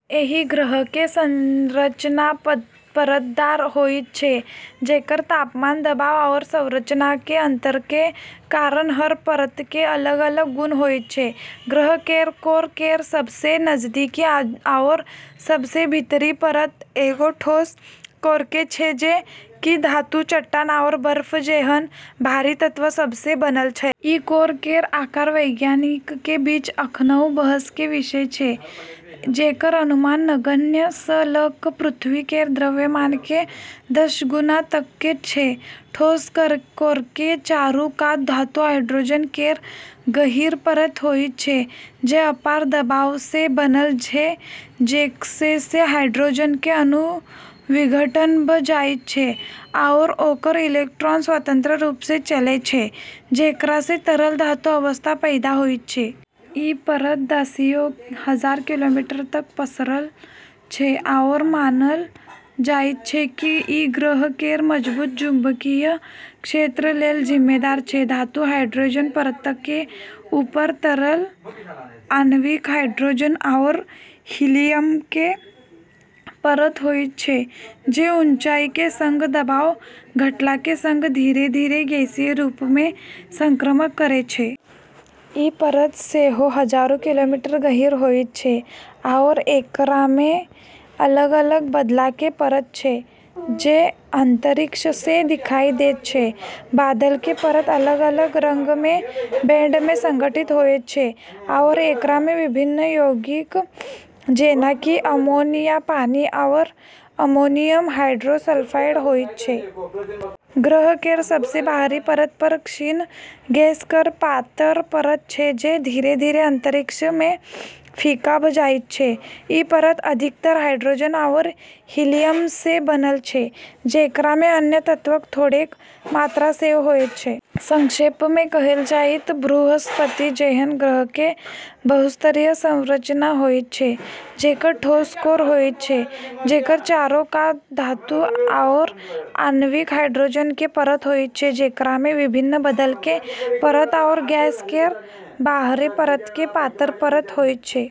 एहि ग्रहके संरचना परतदार होइत छै, जेकर तापमान, दबाव आओर संरचनाके अंतरके कारण हर परतके अलग-अलग गुण होइत छै। ग्रह केर कोर केर सबसँ नजदीकी आओर सबसँ भीतरी परत एगो ठोस कोरके छै जे कि धातु, चट्टान, आओर बर्फ जेहन भारी तत्व सबसँ बनल छै। ई कोर केर आकार वैज्ञानिकके बीच अखनऊ बहसके विषय छै, जेकर अनुमान नगण्य स' ल' क' पृथ्वी केर द्रव्यमानके दश गुना तकके छै। ठोस कोरके चारू कात धातु हाइड्रोजन केर गहीँर परत होइत छै, जे अपार दबावसँ बनल छै जेकरासँ हाइड्रोजनके अणु विघटन भ' जाइत छै आओर ओकर इलेक्ट्रॉन स्वतंत्र रूपसँ चलै छै, जेकरासँ तरल धातु अवस्था पैदा होइत छै। ई परत दसियों हजार किलोमीटर तक पसरल छै आओर मानल जाइत छै कि ई ग्रह केर मजबूत चुंबकीय क्षेत्र लेल जिम्मेदार छै। धातु हाइड्रोजन परतके ऊपर तरल आणविक हाइड्रोजन आओर हीलियमके परत होइत छै, जे ऊंचाइके सङ्ग दबाव घटलाके सङ्ग धीरे-धीरे गैसीय रूपमे संक्रमण करै छै। ई परत सेहो हजारों किलोमीटर गहीँर होइत छै आओर एकरामे अलग-अलग बादलके परत छै जे अंतरिक्षसँ देखाइ दैत छै। बादलके परत अलग-अलग रङ्गके बैंडमे संगठित होइत छै आओर एकरामे विभिन्न यौगिक जेना कि अमोनिया, पानी, आओर अमोनियम हाइड्रोसल्फाइड होइत छै। ग्रह केर सबसँ बाहरी परत पर क्षीण गैस केर पातर परत छै जे धीरे-धीरे अंतरिक्षमे फीका भ' जाइत छै। ई परत अधिकतर हाइड्रोजन आओर हीलियमसँ बनल छै, जेकरामे अन्य तत्वक थोड़ेक मात्रा सेहो होइत छै। संक्षेपमे कहल जाइ त' बृहस्पति जेहन ग्रहके बहुस्तरीय संरचना होइत छै जेकर ठोस कोर होइत छै, जेकर चारो कात धातु आओर आणविक हाइड्रोजनके परत होइत छै, जेकरामे विभिन्न बादलके परत आओर गैस केर बाहरी परतके पातर परत होइत छै।